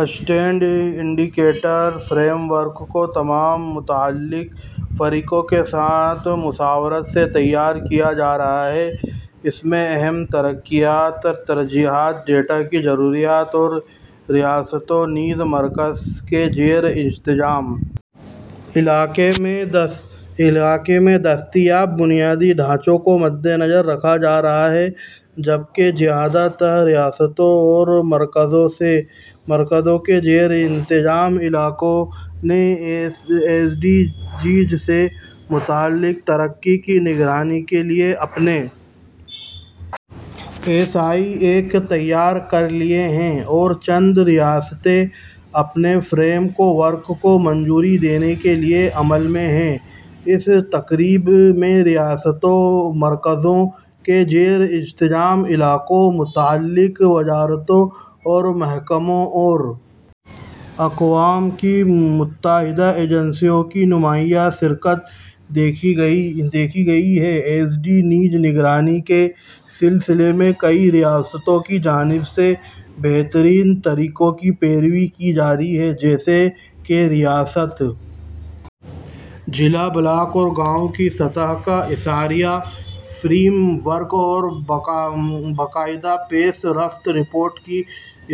state indicator framework کو تمام متعلقہ فریقوں کے ساتھ مشاورت سے تیار کیا جا رہا ہے اور اس میں اہم ترقیاتی ترجیحات ڈیٹا کی ضروریات اور ریاستوں نیز مرکز کے زیر انتظام علاقوں میں دستیاب بنیادی ڈھانچے کو مدنظر رکھا جا رہا ہے جبکہ زیادہ تر ریاستوں اور مرکز کے زیر انتظام علاقوں نے ایس ڈی جیز سے متعلق ترقی کی نگرانی کے لیے اپنے ایس آئی ایف تیار کر لیے ہیں اور چند ریاستیں اپنے فریم ورک کو منظوری دینے کے عمل میں ہیں اس تقریب میں ریاستوں مرکز کے زیر انتظام علاقوں متعلقہ وزارتوں محکموں اور اقوام متحدہ کی ایجنسیوں کی نمایاں شرکت دیکھی گئی ایس ڈی جیز کی نگرانی کے سلسلے میں کئی ریاستوں کی جانب سے بہترین طریقوں کی پیروی کی جا رہی ہے جیسے کہ ریاست ضلع بلاک اور گاؤں کی سطح کا اشاریہ فریم ورک اور باقاعدہ پیش رفت رپورٹس کی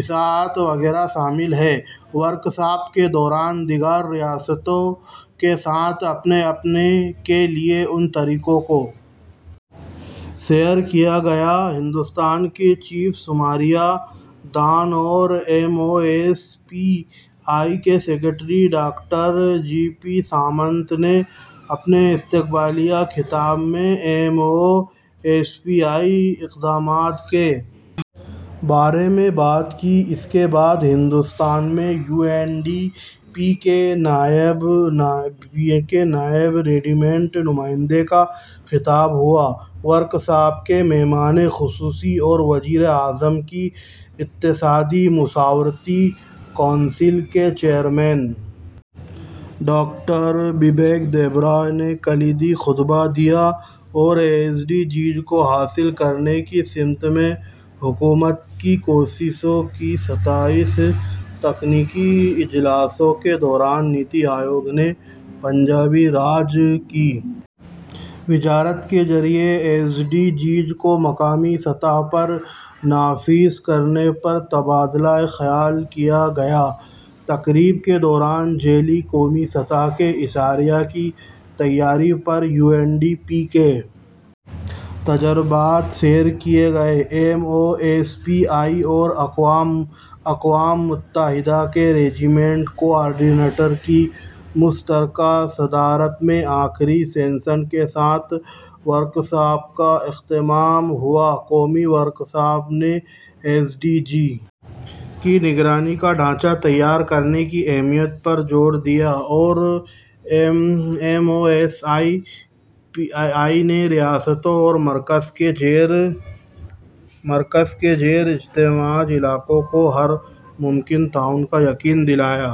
اشاعت وغیرہ شامل ہیں ورکشاپ کے دوران دیگر ریاستوں کے ساتھ اپنانے کے لیے ان طریقوں کو شیئر کیا گیا ہندوستان کے چیف شماریات دان اور M O S P I کے secretary doctor G P Samant نے اپنے استقبالیہ خطاب میں M O S P I کے اقدامات کے بارے میں بات کی اس کے بعد ہندوستان میں یو این ڈی پی کے نائب ریذیڈنٹ نمائندے کا خطاب ہوا ورکشاپ کے مہمان خصوصی اور وزیر اعظم کی اقتصادی مشاورتی کونسل کے چیئرمین ڈاکٹر بیبیک دیبرائے نے کلیدی خطبہ دیا اور ایس ڈی جیز کو حاصل کرنے کی سمت میں حکومت کی کوششوں کی ستائش کی تکنیکی اجلاسوں کے دوران نیتی آیوگ اور پنچایتی راج کی وزارت کے ذریعہ ایس ڈی جیز کو مقامی سطح پر نافذ کرنے پر تبادلہ خیال کیا گیا تقریب کے دوران ذیلی قومی سطح کے اشاریہ کی تیاری پر یو این ڈی پی کے تجربات شیئر کیے گئے M O S P I اور اقوام متحدہ کے ریزیڈنٹ کوآرڈینیٹر کی مشترکہ صدارت میں آخری سیشن کے ساتھ ورکشاپ کا اختتام ہوا قومی ورکشاپ نے ایس ڈی جی کی نگرانی کا ڈھانچہ تیار کرنے کی اہمیت پر زور دیا اور M O S P I نے ریاستوں اور مرکز کے زیر انتظام علاقوں کو ہر ممکن تعاون کا یقین دلایا